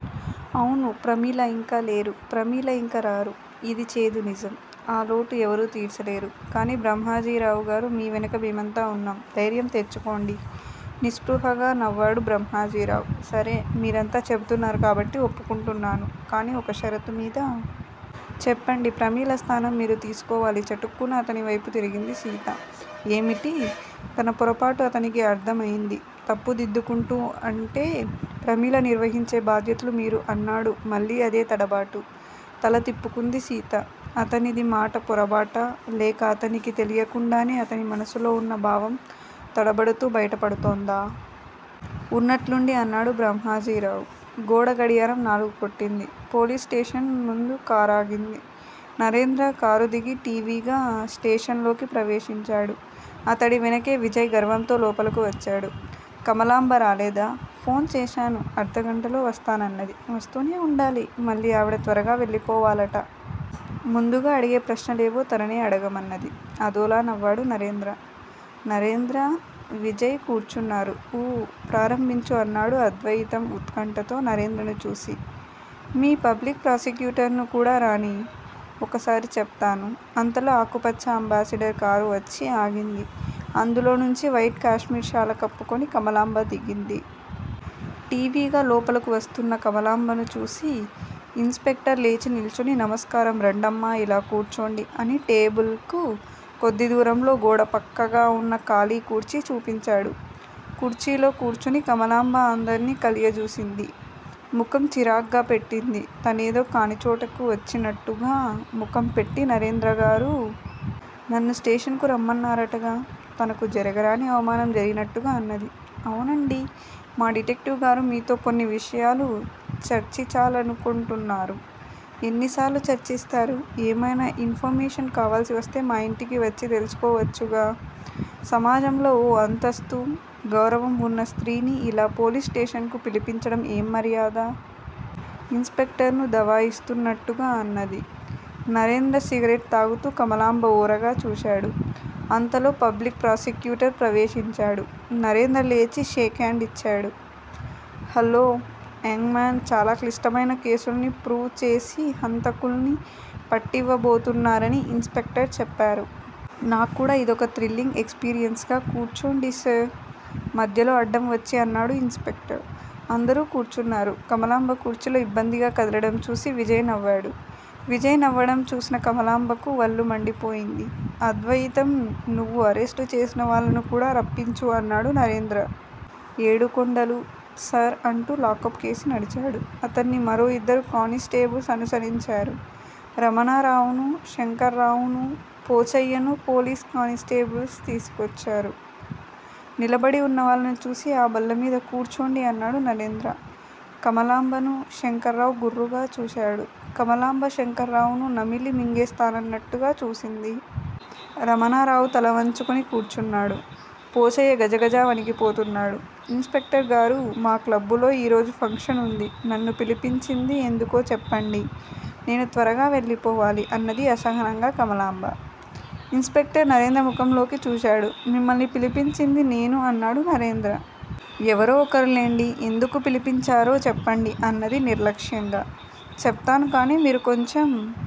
అవును? ప్రమీల ఇంక లేరు! ప్రమీల ఇంక రారు! ఇది చేదునిజం! ఆ లోటు ఎవరూ తీర్చలేరు! కానీ బ్రహ్మాజీరావుగారూ! మీ వెనక మేమంతా ఉన్నాం! ధైర్యం తెచ్చుకోండి! నిస్పృహగా నవ్వాడు బ్రహ్మాజీరావు. సరే! మీరంతగా చెబుతున్నారు కాబట్టి ఒప్పుకుంటున్నాను. కానీ ఒక షరతు మీద! చెప్పండి ప్రమీల స్థానం మీరు తీసుకోవాలి చటుక్కున అతనివైపు తిరిగింది సీత. ఏమిటి? తనపొరపాటు అతనికి అర్ధం అయింది. తప్పు దిద్దుకుంటూ అంటే, ప్రమీల నిర్వహించే బాధ్యతలు మీరు అన్నాడు మళ్ళీ అదే తడబాటు. తల తిప్పుకుంది సీత. అతనిది మాట పొరబాటా? లేక, అతనికి తెలియకుండానే అతని మనసులో ఉన్న భావం తడబడుతూ బయటపడుతోందా? ఉన్నట్లుండి అన్నాడు బ్రహ్మాజీరావు. గోడ గడియారం నాలుగు కొట్టింది, పోలీసు స్టేషన్ ముందు కారాగింది. నరేంద్ర కారుదిగి ఠీవిగా స్టేషన్ లోకి ప్రవేశించాడు. అతడి వెనకే విజయ్ గర్వంతో లోపలకు వచ్చాడు. కమలాంబ రాలేదా? ఫోన్ చేశాను. అర్థగంటలో వస్తానన్నది. వస్తూనే ఉండాలి. మళ్లీ ఆవిడ త్వరగా వెళ్ళిపోవాలట. ముందుగా అడిగే ప్రశ్నలేవో తననే అడగమన్నది. అదోలా నవ్వాడు నరేంద్ర. నరేంద్ర, విజయ్ కూర్చున్నారు. ఊ! ప్రారంభించు అన్నాడు అద్వయితం ఉత్కంఠతో నరేంద్రను చూసి. మీ పబ్లిక్ ప్రాసిక్యూటర్ ను కూడా రానియ్. ఒకసారి చెప్తాను. అంతలో ఆకుపచ్చ అంబాసిడర్ కారు వచ్చి ఆగింది. అందులో నుంచి వైట్ కాశ్మీర్ శాల కప్పుకొని కమలాంబ దిగింది. ఠీవిగా లోపలకు వస్తున్నా కమలాంబను చూసి ఇన్స్ స్పెక్టర్ లేచినిల్చుని నమస్కారం రండమ్మా ఇలా కూర్చోండి. అని టేబుల్ కు కొద్ది దూరంలో గోడపక్కగా ఉన్న ఖాలీ కుర్చీ చూపించాడు. కుర్చీలో కూర్చుని కమలాంబ అందర్నీ కలయజూసింది. ముఖం చిరాగ్గా పెట్టింది. తనేదో కానిచోటుకు వచ్చినట్టుగా ముఖం పెట్టి నరేంద్రగారూ! నన్ను స్టేషన్ కు రమ్మన్నారటగా? తనకు జరగరాని అవమానం జరిగినట్టుగా అన్నది. అవునండీ! మా డిటెక్టివ్ గారు మీతో కొన్ని విషయాలు చర్చిచాలను కొంటున్నారు. ఎన్నిసార్లు చర్చిస్తారు? ఏమైనా ఇన్ ఫర్ మేషన్ కావాల్సివస్తే మా ఇంటికి వచ్చి తెలుసుకోవచ్చుగా? సమాజంలో ఓ అంతస్థూ, గౌరవం ఉన్న స్త్రీని ఇలా పోలీసు స్టేషన్ కు పిలిపించడం ఏంమర్యాద? ఇన్స్ స్పెక్టర్ ను దవాయిస్తున్నట్టుగా అన్నది. నరేంద్ర సిగరెట్ తాగుతూ కమలాంబ ఓరగా చూశాడు. అంతలో పబ్లిక్ ప్రాసిక్యూటర్ ప్రవేశించాడు. నరేంద్ర లేచి షేక్ హాండ్ ఇచ్చాడు, హల్లో యంగ్ మాన్ చాలా క్లిష్టమైన కేసుల్ని ప్రూవ్ చేసి హంతకుల్ని పట్టివ్వబోతున్నారని ఇన్స్ స్పెక్టర్ చెప్పారు. నాక్కూడా ఇదొక థ్రిల్లింగ్ ఎక్స్ పీరియన్స్ గా కూర్చొండి సార్! మధ్యలో అడ్డంవచ్చి అన్నాడు ఇన్స్ స్పెక్టర్. అందరూ కూర్చున్నారు. కమలాంబ కుర్చీలో ఇబ్బందిగా కదలడం చూసి విజయ్ నవ్వాడు. విజయ్ నవ్వడం చూసిన కమలాంబకు వళ్ళు మండిపోయింది. అద్వయితం నువ్వు అరెస్టు చేసినవాళ్ళను కూడా రప్పించు అన్నాడు నరేంద్ర. ఏడుకొండలూ! సార్ అంటూ లాకప్ కేసి నడిచాడు. అతడ్ని మరో ఇద్దరు కాని స్టేబుల్స్ అనుసరించారు. రమణారావునూ, శంకర్రావూనూ, పోచయ్యను పోలీసు కానిస్టేబుల్స్ తీసుకొచ్చారు. నిలబడి ఉన్నవాళ్ళను చూసి ఆ బల్లమీద కూర్చొండి అన్నాడు నరేంద్ర. కమలాంబను శంకర్రావు గుర్రుగా చూశాడు. కమలాంబ శంకర్రావును నమిలి మింగేస్తానన్నట్టుగా చూసింది. రమణారావు తలవంచుకొని కూర్చున్నాడు. పోచయ్య గజగజ వణికిపోతున్నాడు. ఇన్స్ స్పెక్టర్ గారూ! మా క్లబ్బులో ఈరోజు ఫంక్షన్ ఉంది. నన్ను పిలిపించింది ఎందుకో చెప్పండి. నేను త్వరగా వెళ్ళిపోవాలి. అన్నది అసహనంగా కమలాంబ. ఇన్స్ స్పెక్టర్ నరేంద్ర ముఖంలోకి చూశాడు. మిమ్మల్ని పిలిపించింది నేను అన్నాడు నరేంద్ర. ఎవరో ఒకరు లెండి. ఎందుకు పిలిపించారో చెప్పండి అన్నది నిర్లక్ష్యంగా. చెప్తాను కాని మీరు కొంచెం